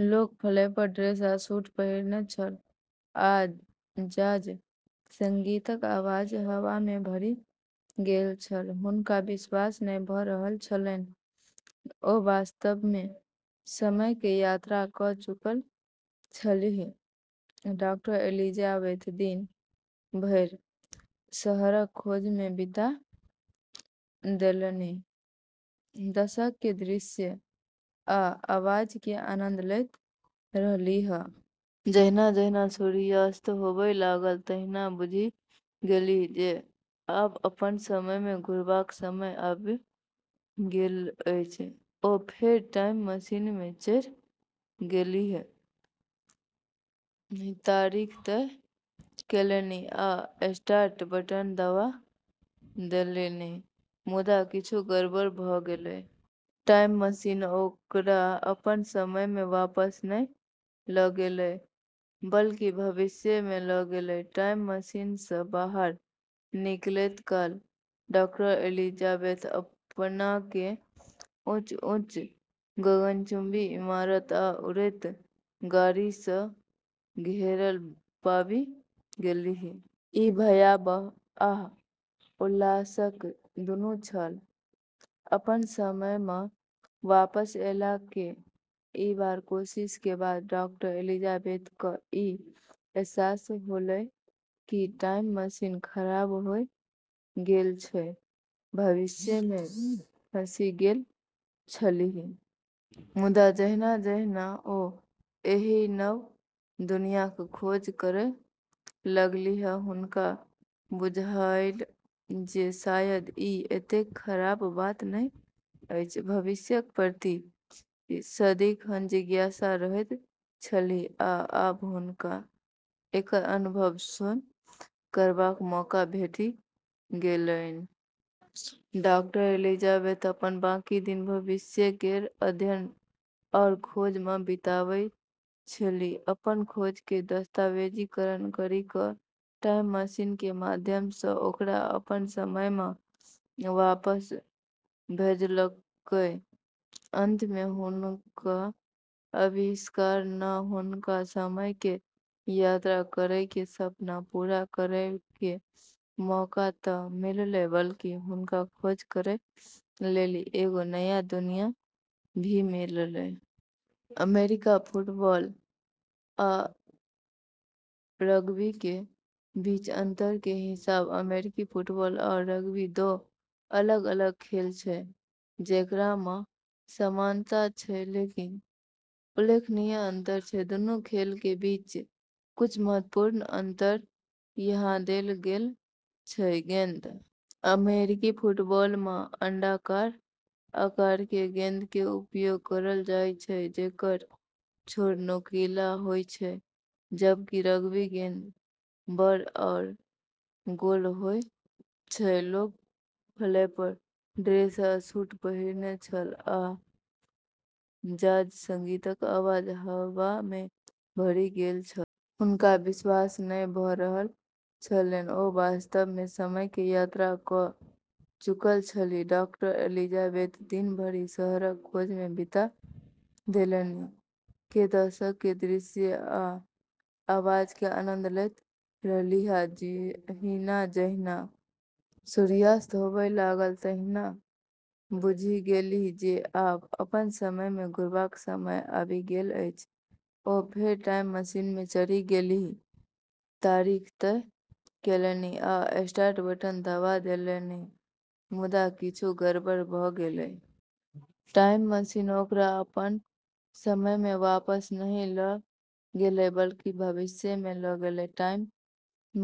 लोक flapper dress आ suit पहिरने छल आ जाज संगीतक आवाज हवा मे भरि गेल छल। हुनका विश्वास नै भ रहल छलनि, ओ वास्तव में समय के यात्रा कऽ चुकल छलीह! डॉ. एलिजाबेथ दिन भरि शहरक खोज में बिता देलनि, दशक के दृश्य आ आवाज के आनंद लैत रहलीह। जहिना-जहिना सूर्यास्त होबय लागल तहिना बुझि गेलीह जे आब अपन समय मे घुरबाक समय आबि गेल अछि। ओ फेर टाइम मशीन मे चढ़ि गेलीह, तारीख तय केलनि आ स्टार्ट बटन दबा देलनि। मुदा किछु गड़बड़ भऽ गेलै। टाइम मशीन ओकरा अपन समय मे वापस नहि लऽ गेलै, बल्कि भविष्य मे लऽ गेलै। टाइम मशीन सऽ बाहर निकलैत काल डॉ. एलिजाबेथ अपना कें ऊंच-ऊंच गगनचुंबी इमारत आ उड़ैत गाड़ी सऽ घेरल पाबि गेलीह। ई भयावह आ उल्लासक दुनू छल। अपनऽ समय मऽ वापस ऐला के कई बार कोशिश के बाद डॉ. एलिजाबेथ कऽ ई अहसास होलै कि टाइम मशीन खराब होय गेलऽ छै। भविष्य मे फँसि गेल छलीह। मुदा जहिना-जहिना ओ एहि नव दुनियाँक खोज करय लगलीह, हुनका बुझायल जे शायद ई एतेक खराब बात नहि अछि। भविष्यक प्रति सदिखन जिज्ञासा रहैत छलीह, आ आब हुनका एकर अनुभव स्वयं करबाक मौका भेटि गेलनि। डॉ. एलिजाबेथ अपनऽ बाकी दिन भविष्य केरऽ अध्ययन आरू खोज मऽ बिताबै छेली, अपनऽ खोज के दस्तावेजीकरण करी कऽ टाइम मशीन के माध्यम सऽ ओकरा अपनऽ समय मऽ वापस भेजलकै। अंत में हुनकऽ आविष्कार नऽ हुनका समय के यात्रा करै के सपना पूरा करै के मौका त मिललै बल्कि हुनका खोज करै लेली एगो नया दुनिया भी मिललै। अमेरिकी फुटबॉल आ रग्बी के बीच के अंतर के हिसाब अमेरिकी फुटबॉल आरू रग्बी दू अलग-अलग खेल छै जेकरा मऽ समानता छै लेकिन उल्लेखनीय अंतर छै। दूनू खेलऽ के बीच कुछ महत्वपूर्ण अंतर यहाँ देलऽ गेलऽ छै ।गेंद अमेरिकी फुटबॉल मऽ अण्डाकार आकार के गेंद के उपयोग करलऽ जाय छै जेकरऽ छोर नुकीला होय छै जबकि रग्बी गेंद बड़ऽ आरू गोल होय छै। लोक फ्लैपर ड्रेस आ सूट पहिरने छल आ जाज संगीतक आवाज हवा मे भरि गेल छल। हुनका विश्वास नै भ रहल छलनि, ओ वास्तव में समय के यात्रा क चुकल छलीह! डॉ. एलिजाबेथ दिन भरि शहरक खोज में बिता देलनि, के दशक के दृश्य आ आवाज के आनंद लैत रहलीह ।जहिना-जहिना सूर्यास्त होबय लागल तहिना बुझि गेलीह जे आब अपन समय मे घुरबाक समय आबि गेल अछि। ओ फेर टाइम मशीन मे चढ़ि गेलीह, तारीख तय केलनि आ स्टार्ट बटन दबा देलनि। मुदा किछु गड़बड़ भऽ गेलै। टाइम मशीन ओकरा अपन समय मे वापस नहि लऽ गेलै, बल्कि भविष्य मे लऽ गेलै। टाइम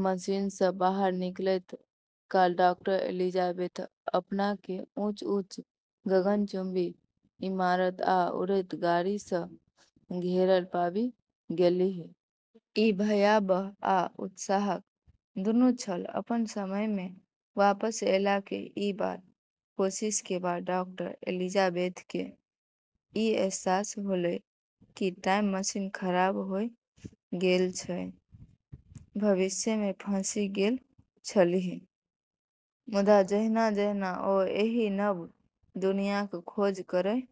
मशीन सऽ बाहर निकलैत काल डॉ. एलिजाबेथ अपना के ऊंच-ऊंच गगनचुंबी इमारत आ उड़ैत गाड़ी सऽ घेरल पाबि गेलीह। ई भयावह आ उल्लासक दुनू छल। अपनऽ समय मे वापस ऐला के कई बार कोशिश के बाद डॉ. एलिजाबेथ के ई अहसास होलै कि टाइम मशीन खराब होय गेलऽ छै। भविष्य मे फँसि गेल छलीह। मुदा जहिना-जहिना ओ एहि नव दुनियाँक खोज करय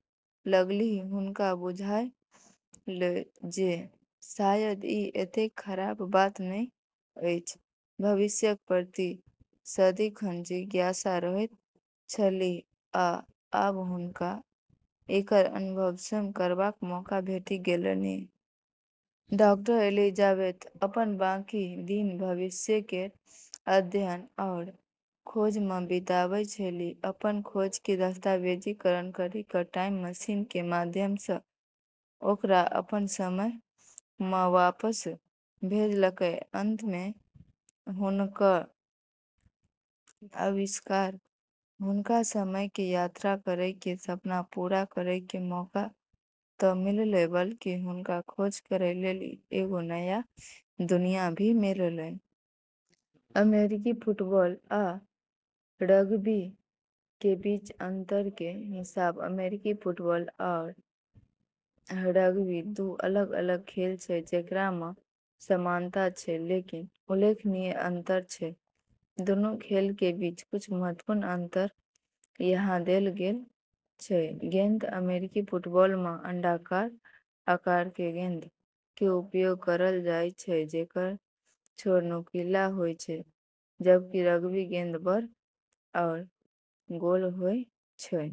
लगलीह, हुनका बुझायल जे शायद ई एतेक खराब बात नहि अछि। भविष्यक प्रति सदिखन जिज्ञासा रहैत छलीह, आ आब हुनका एकर अनुभव स्वयं करबाक मौका भेटि गेलनि। डॉ. एलिजाबेथ अपनऽ बाकी दिन भविष्य केरऽ अध्ययन आरू खोज मऽ बिताबै छेली, अपनऽ खोज के दस्तावेजीकरण करी कऽ टाइम मशीन के माध्यम सऽ ओकरा अपनऽ समय मऽ वापस भेजलकै। अंत में हुनकऽ आविष्कार हुनका समय के यात्रा करै के सपना पूरा करै के मौका त मिललै बल्कि हुनका खोज करै लेली एगो नया दुनिया भी मिललै। अमेरिकी फुटबॉल आ रग्बी के बीच के अंतर के हिसाब अमेरिकी फुटबॉल आरू रग्बी दू अलग-अलग खेल छै जेकरा मऽ समानता छै लेकिन उल्लेखनीय अंतर छै। दूनू खेलऽ के बीच कुछ महत्वपूर्ण अंतर यहाँ देलऽ गेलऽ छै ।गेंद अमेरिकी फुटबॉल मऽ अण्डाकार आकार के गेंद के उपयोग करलऽ जाय छै जेकरऽ छोर नुकीला होय छै जबकि रग्बी गेंद बड़ऽ आरू गोल होय छै।